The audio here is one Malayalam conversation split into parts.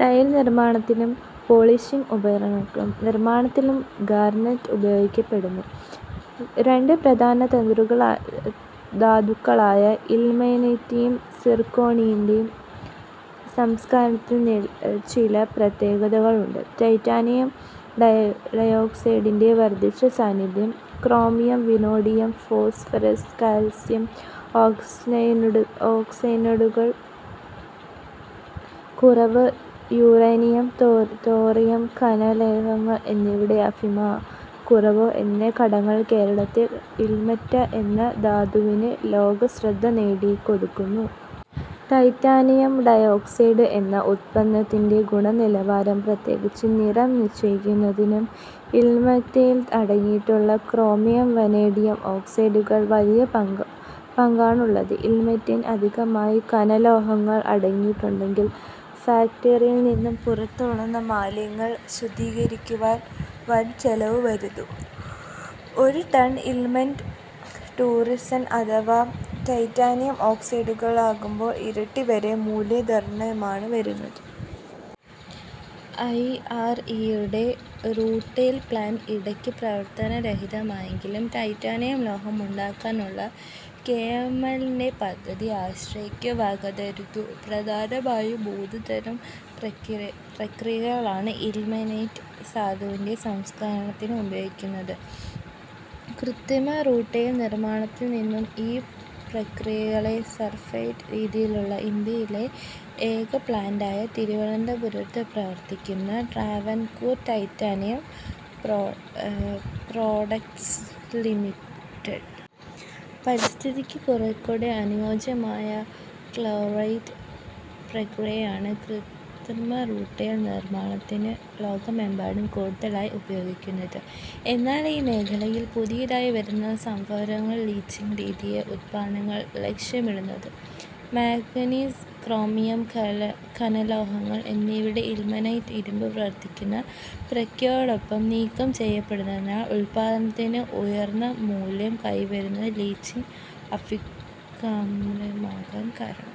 ടൈൽനിർമ്മാണത്തിലും പോളിഷിങ് ഉപകരണങ്ങളുടെ നിർമ്മാണത്തിലും ഗാർനറ്റ് ഉപയോഗിക്കപ്പെടുന്നു. രണ്ട് പ്രധാന ധാതുക്കളായ ഇൽമനൈറ്റിന്റെയും സിർക്കോണിന്റെയും സംസ്കരണത്തിൽ ചില പ്രത്യേകതകളുണ്ട്. ടൈറ്റാനിയം ഡൈഓക്സൈഡിന്റെ വർധിച്ച സാന്നിധ്യം; ക്രോമിയം, വനേഡിയം, ഫോസ്ഫറസ്, കാൽസ്യം ഓക്സൈഡുകളുടെ കുറവ്; യുറേനിയം, തോറിയം, ഘനലോഹങ്ങൾ എന്നിവയുടെ അഭാവമോ കുറവോ എന്നീ ഘടകങ്ങളാണ് കേരളത്തിലെ ഇൽമനൈറ്റ് എന്ന ധാതുവിന് ലോകശ്രദ്ധ നേടിക്കൊടുത്തത്. ടൈറ്റാനിയം ഡൈഓക്സൈഡ് എന്ന ഉത്പന്നത്തിന്റെ ഗുണനിലവാരം, പ്രത്യേകിച്ച് നിറം, നിശ്ചയിക്കുന്നതിന് ഇൽമനൈറ്റിൽ അടങ്ങിയിട്ടുള്ള ക്രോമിയം, വനേഡിയം ഓക്സൈഡുകൾക്ക് വലിയ പങ്കാണുള്ളത്. ഇൽമനൈറ്റിൽ അധികമായി ഘനലോഹങ്ങൾ അടങ്ങിയിട്ടുണ്ടെങ്കിൽ ഫാക്റ്ററിയിൽനിന്നു പുറന്തള്ളുന്ന മാലിന്യം ശുദ്ധീകരിക്കുവാൻ വൻചെലവ് വരുന്നു. ഒരു ടൺ ഇൽമനൈറ്റ്, റൂട്ടൈൽ അഥവാ ടൈറ്റാനിയം ഡൈഓക്സൈഡാക്കുമ്പോൾ ഇരട്ടി വരെ മൂല്യവർധനയാണ് വരുന്നത്. ഐ. ആർ. ഇ. യുടെ റൂട്ടൈൽ പ്ലാന്റ് ഇടയ്ക്ക് പ്രവർത്തന രഹിതമായെങ്കിലും ടൈറ്റാനിയം ലോഹം ഉണ്ടാക്കാനുള്ള കെ. എം. എം. എൽ-ന്റെ പദ്ധതി ആശയ്ക്കു വകതരുന്നു. പ്രധാനമായും മൂന്ന് തരം പ്രക്രിയകളാണ് ഇൽമനൈറ്റ് ധാതുവിന്റെ സംസ്കരണത്തിനായി ഉപയോഗിക്കുന്നത്. കൃത്രിമ റൂട്ടൈൽ നിർമ്മാണത്തിനുള്ള ഈ പ്രക്രിയകളിൽ സൾഫേറ്റ് രീതിയിലുള്ള ഇന്ത്യയിലെ ഏകപ്ലാന്റാണ് തിരുവനന്തപുരത്ത് പ്രവർത്തിക്കുന്ന ട്രാവൻകൂർ ടൈറ്റാനിയം പ്രോഡക്റ്റ്സ് ലിമിറ്റഡ്. പരിസ്ഥിതിക്ക് കുറേക്കൂടി അനുയോജ്യമായ ക്ലോറൈഡ് പ്രക്രിയയാണ് കൃത്രിമ റൂട്ടൈൽ നിർമ്മാണത്തിന് ലോകമെമ്പാടും കൂടുതലായി ഉപയോഗിക്കുന്നത്. എന്നാൽ ഈ മേഖലയിൽ പുതിയതായി വരുന്ന സംരംഭങ്ങൾ ലീച്ചിങ് രീതിയിലുള്ള ഉത്പാദനമാണ് ലക്ഷ്യമിടുന്നത്. മാങ്ഗനീസ്, ക്രോമിയം, ഘനലോഹങ്ങൾ എന്നിവ ഇൽമനൈറ്റിലെ ഇരുമ്പ് വേർതിരിക്കുന്ന പ്രക്രിയയോടൊപ്പം നീക്കം ചെയ്യപ്പെടുന്നതിനാൽ ഉത്പന്നത്തിന് ഉയർന്ന മൂല്യം കൈവരുന്നതാണ് ലീച്ചിങ് അഭികാമ്യമാകാൻ കാരണം.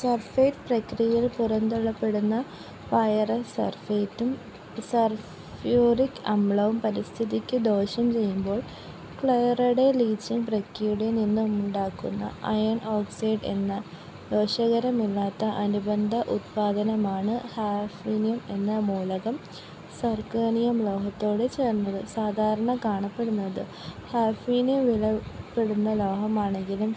സൾഫേറ്റ് പ്രക്രിയയിൽ പുറന്തള്ളപ്പെടുന്ന ഫെറസ് സൾഫേറ്റും സൾഫ്യൂറിക് അമ്ലവും പരിസ്ഥിതിക്കു ദോഷം ചെയ്യുമ്പോൾ, ക്ലോറൈഡ്-ലീച്ചിങ് പ്രക്രിയകളിൽ നിന്നുമുണ്ടാകുന്നത് അയൺ ഓക്സൈഡ് എന്ന ദോഷകരമല്ലാത്ത അനുബന്ധ ഉത്പന്നമാണ്. ഹാഫ്നിയം എന്ന മൂലകം സിർക്കോണിയം ലോഹത്തോടു ചേർന്നാണ് സാധാരണ കാണപ്പെടുക. ഹാഫ്നിയം വിലപിടിപ്പുള്ള ലോഹമാണെങ്കിലും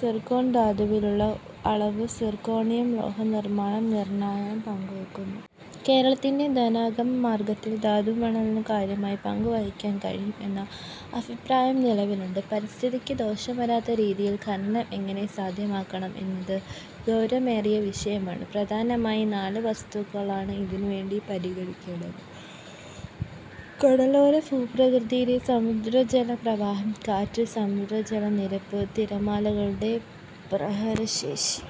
സിർക്കോൺ ധാതുവിലുള്ള ഇതിന്റെ അളവ് സിർക്കോണിയം ലോഹനിർമ്മാണത്തിൽ നിർണായക പങ്കുവഹിക്കുന്നു. കേരളത്തിന്റെ ധനാഗമ മാർഗ്ഗത്തിൽ ധാതുമണലിന് കാര്യമായ പങ്കു വഹിക്കാൻ കഴിയും എന്ന അഭിപ്രായം നിലവിലുണ്ട്. പരിസ്ഥിതിക്കു ദോഷം വരാത്ത രീതിയിൽ ഖനനം എങ്ങനെ സാധ്യമാക്കണം എന്നത് ഗൌരവമേറിയ വിഷയമാണ്. പ്രധാനമായും നാല് വസ്തുതകളാണ് ഇതിനുവേണ്ടി പരിഗണിക്കേണ്ടത്: കടലോര ഭൂപ്രകൃതി, സമുദ്രജല പ്രവാഹം, കാറ്റ്, സമുദ്രജല നിരപ്പ്, തിരമാലകളുടെ പ്രഹരശേഷി